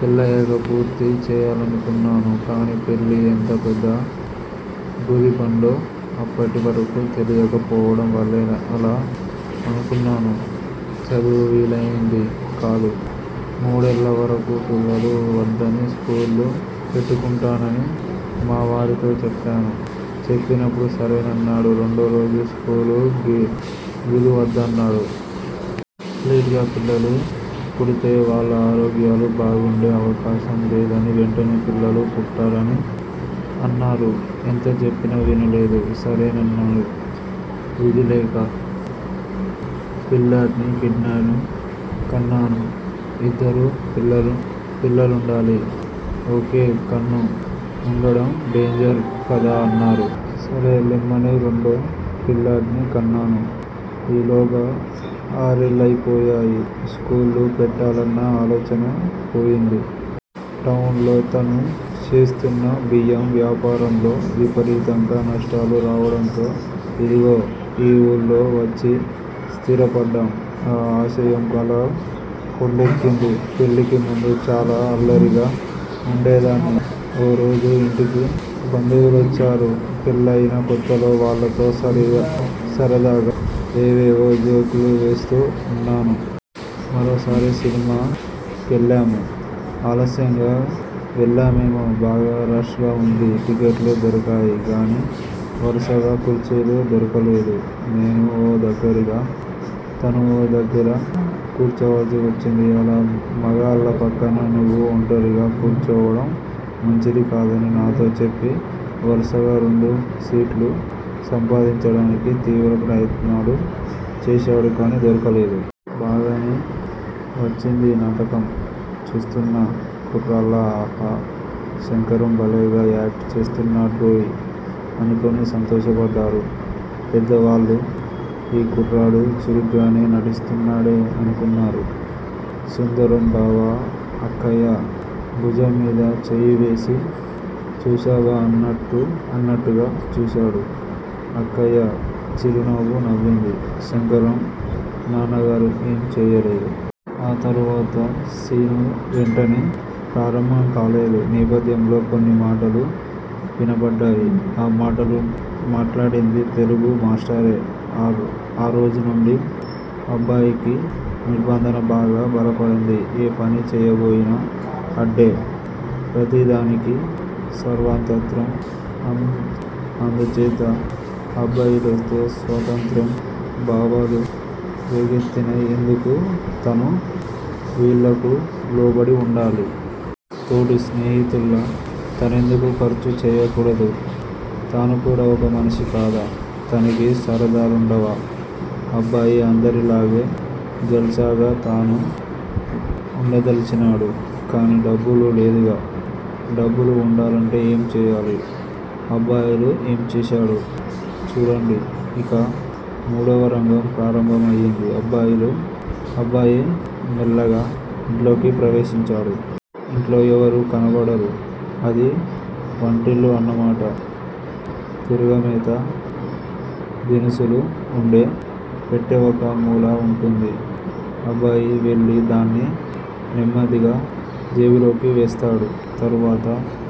పెళ్ళయ్యాక పూర్తి చేయాలనుకున్నాను. కానీ పెళ్ళి ఎంత పెద్ద గుది బండో అప్పటి వరకు తెలియక పోవడం వల్లే అలా అనుకున్నాను. చదువు వీలయింది కాదు. మూడేళ్ళ వరకు పిల్లలు వద్దని స్కూలు పెట్టుకుంటానని మా వారితో చెప్పాను. చెప్పినప్పుడు సరేనన్నారు. రెండో రోజు స్కూలూ గీలూ వద్దన్నారు. లేట్ గా పిల్లలు పుడితే వాళ్ళ ఆరోగ్యాలు బాగుండే అవకాశం లేదనీ, వెంటనే పిల్లలు పుట్టారని అన్నారు. ఎంత చెప్పినా వినలేదు. సరేనన్నాను విధి లేక. పిల్లాడ్ని కన్నాను. ఇద్దరు పిల్లలుండాలి. ఒకే కన్ను వుండడం డేంజర్ కదా అన్నారు. సరే లెమ్మని రెండో పిల్లాడ్ని కన్నాను ఈలోగా ఆరేళ్ళయి పోయాయి స్కూలు పెట్టాలన్న ఆలోచనే పోయింది. టౌనులో తను చేస్తున్న బియ్యం వ్యాపారంలో విపరీతంగా నష్టాలు రావడంతో ఇదిగో ఈ ఊర్లో వచ్చి స్థిర పడ్డాం. ఆ ఆశయం అలా కొండెక్కింది. పెళ్ళికి ముందు చాలా అల్లరిగా వుండేదాన్ని, ఓ రోజు ఇంటికి బంధువులొచ్చారు పెళ్ళయిన కొత్తలో వాళ్ళతో సరదాగా, ఏవేవో జోక్ లు వేస్తూ వున్నాను. మరోసారి సినిమా కెళ్ళాము. ఆలస్యంగా వెళ్ళామేమో బాగా రష్ గా వుంది. టిక్కెట్లు దొరికాయి గానీ వరసగా కుర్చీలు దొరకలేదు. నేను ఓ దగ్గిరా, తను ఓ దగ్గిరా కూర్చోవాల్సి వచ్చింది. అలా మగాళ్ళ పక్కన నువ్వు ఒంటరిగా కూర్చోవడం మంచిది కాదని నాతో చెప్పి వరుసగా రెండు సీట్లు సంపాదించడానికి తీవ్ర ప్రయత్నాలు చేశాడు కానీ దొరకలేదు. బాగానే వచ్చింది. నాటకం చూస్తున్న కుర్రాళ్ళు ఆహా! శంకరం బలేగా యాక్టు చేస్తున్నాడ్రోయ్ అనుకోని సంతోషపడ్డారు. పెద్దవాళ్ళు ఈ కుర్రాడు చురుగ్గానే నటిస్తున్నాడే అనుకున్నారు. సుందరం బావ అక్కయ్య భుజంమీద చేయివేసి చూశావా అన్నట్టుగా చూశాడు. అక్కయ్య చిరునవ్వు నవ్వింది. శంకరం నాన్నగారు ఏమీ చెయ్యలేదు. ఆ తరువాత సీను వెంటనే ప్రారంభం కాలేదు. నేపథ్యంలో కొన్నిమాటలు వినపడ్డాయి. ఆ మాట్లాడింది తెలుగు మాస్టారే. ఆ రోజునుంచి అబ్బాయికి నిర్భంధన బాగా బలపడింది. ఏ పని చెయ్యబోయినా అడ్డే. ప్రతిదానికీ సర్వతంత్రం. అందుచేత అబ్బాయిలో స్వతంత్ర భావాలు రేకెత్తినై. ఎందుకు తను వీళ్ళకు లోబడి వుండాలి? తోటి స్నేహితుల్లా తనెందుకు ఖర్చు చెయ్యకూడదు? తను కూడా ఒక మనిషి కాదా? తనకీ సరదాలుండవా? అబ్బాయి అందరిలాగే జల్సాగా తనూ వుండదలిచాడు. కాని డబ్బు లేదుగా! డబ్బులు వుండాలంటే ఏం చెయ్యాలి? అబ్బాయి ఏంచేశాడు? చూడండి. ఇక మూడవ రంగం ప్రారంభమయింది. అబ్బాయి మెల్లగా యింట్లోకి ప్రవేశించాడు. యింట్లో ఎవరూ కనబడరు. అది వంటిల్లు అన్నమాట. తిరగమోత దినుసులు వుండే పెట్టె ఒక మూల వుంటుంది. అబ్బాయి వెళ్ళి దాన్ని నెమ్మదిగా జేబులోకి వేస్తాడు. తరువాత